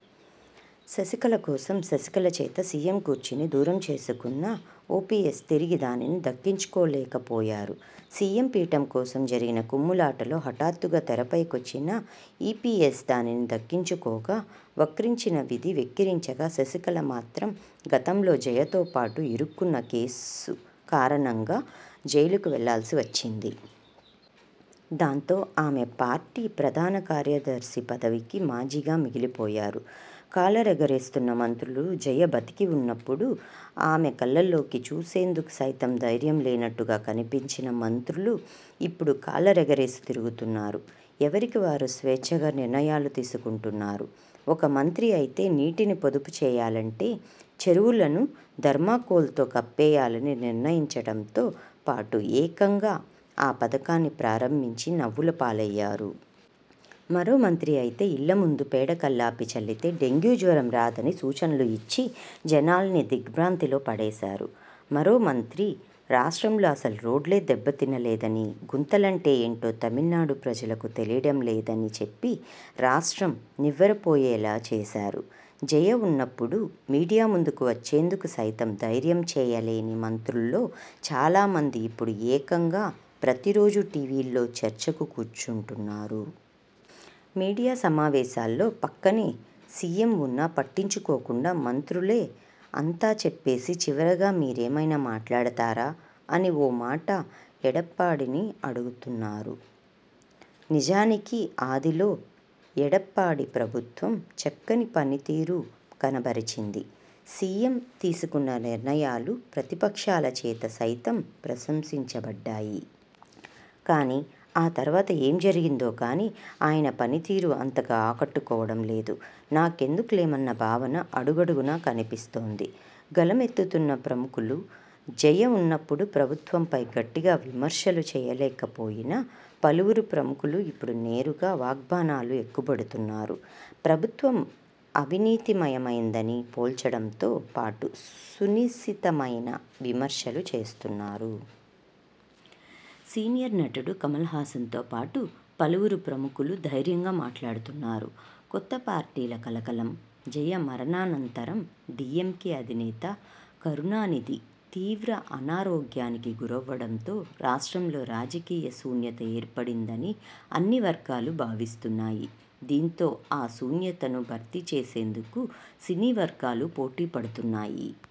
శశికళ కోసం, శశికళ చేత సీఎం కుర్చీని దూరం చేసుకున్న ఓపీఎస్ తిరిగి దానిని దక్కించుకోలేకపోయారు. సీఎం పీఠం కోసం జరిగిన కుమ్ములాటలో హఠాత్తుగా తెరపైకొచ్చిన ఈపీఎస్ దానిని దక్కించుకోగా, వక్రించిన విధి వెక్కిరించగా శశికళ మాత్రం గతంలో జయతో పాటు ఇరుక్కున కేసు కారణంగా జైలుకు వెళ్లాల్సి వచ్చింది. దాంతో ఆమె పార్టీ ప్రధాన కార్యదర్శి పదవికీ మాజీగా మిగిలిపోయారు. కాలరెగరేస్తున్న మంత్రులు జయ బతికివున్నప్పుడు ఆమె కళ్లలోకి చూసేందుకు సైతం ధైర్యం లేనట్టుగా కనిపించిన మంత్రులు ఇప్పుడు కాలరెగరేసి తిరుగుతున్నారు. ఎవరికి వారు స్వేచ్ఛగా నిర్ణయాలు తీసుకుంటు న్నారు. ఒక మంత్రి అయితే నీటిని పొదుపు చేయాలంటే చెరువులను థర్మాకోల్తో కప్పేయాలని నిర్ణయించడంతో పాటు ఏకంగా ఆ పథకాన్ని ప్రారంభించి నవ్వుల పాలయ్యారు. మరో మంత్రి అయితే ఇళ్లముందు పేడ కళ్లాపి చల్లితే డెంగ్యూ జ్వరం రాదని సూచనలు ఇచ్చి జనాల్ని దిగ్ర్భాంతిలో పడేశారు. మరో మంత్రి రాష్ట్రంలో అసలు రోడ్లే దెబ్బతినలేదని, గుంతలంటే ఏంటో తమిళనాడు ప్రజలకు తెలియడం లేదని చెప్పి రాష్ట్రం నివ్వెరపోయేలా చేశారు. జయ వున్నప్పుడు మీడియా ముందుకు వచ్చేందుకు సైతం ధైర్యం చేయలేని మంత్రుల్లో చాలామంది ఇప్పుడు ఏకంగా ప్రతిరోజూ టీవీల్లో చర్చకు కూర్చుకుంటున్నారు. మీడియా సమా వేశాల్లో పక్కనే సీఎం వున్నా పట్టించుకోకుండా మంత్రులే అంతా చెప్పేసి చివరగా 'మీరేమైనా మాట్లాడతారా? ' అని ఓ మాట ఎడప్పాడిని అడుగుతున్నారు. నిజానికి ఆదిలో ఎడప్పాడి ప్రభుత్వం చక్కని పనితీరు కనబరచింది. సీఎం తీసుకున్న నిర్ణయాలు ప్రతిపక్షాల చేత సైతం ప్రశంసించబడ్డాయి. కానీ ఆ తరువాత ఏం జరిగిందో కానీ ఆయన పనితీరూ అంతగా ఆకట్టుకోవడం లేదు. నాకెందులెమ్మన్న భావన అడుగడుగునా కనిపిస్తోంది. గళమెత్తుతున్న ప్రముఖులుజయ వున్నప్పుడు ప్రభుత్వంపై గట్టిగా విమర్శలు చేయలేకపోయిన పలువురు ప్రముఖులు ఇప్పుడు నేరుగా వాగ్బాణాలు ఎక్కుపెడుతున్నారు. ప్రభుత్వం అవినీతివయమైందని పోల్చడంతో పాటు సునిశితమైన విమర్శలు చేస్తున్నారు. సీనియర్ నటుడు కమలహాసన్తో పాటు పలువురు ప్రముఖులు ధైర్యంగా మాట్లాడుతున్నారు. కొత్త పార్టీల కలకలం! జయ మరణానంతరం, డీఎంకే అధినేత కరుణానిధి తీవ్ర అనారోగ్యానికి గురవ్వడంతో రాష్ట్రంలో రాజకీయ శూన్యత ఏర్పడిందని అన్ని వర్గాలు భావిస్తున్నాయి. దీంతో ఆ శూన్యతను భర్తీ చేసేందుకు సినీవర్గాలు పోటీపడుతున్నాయి.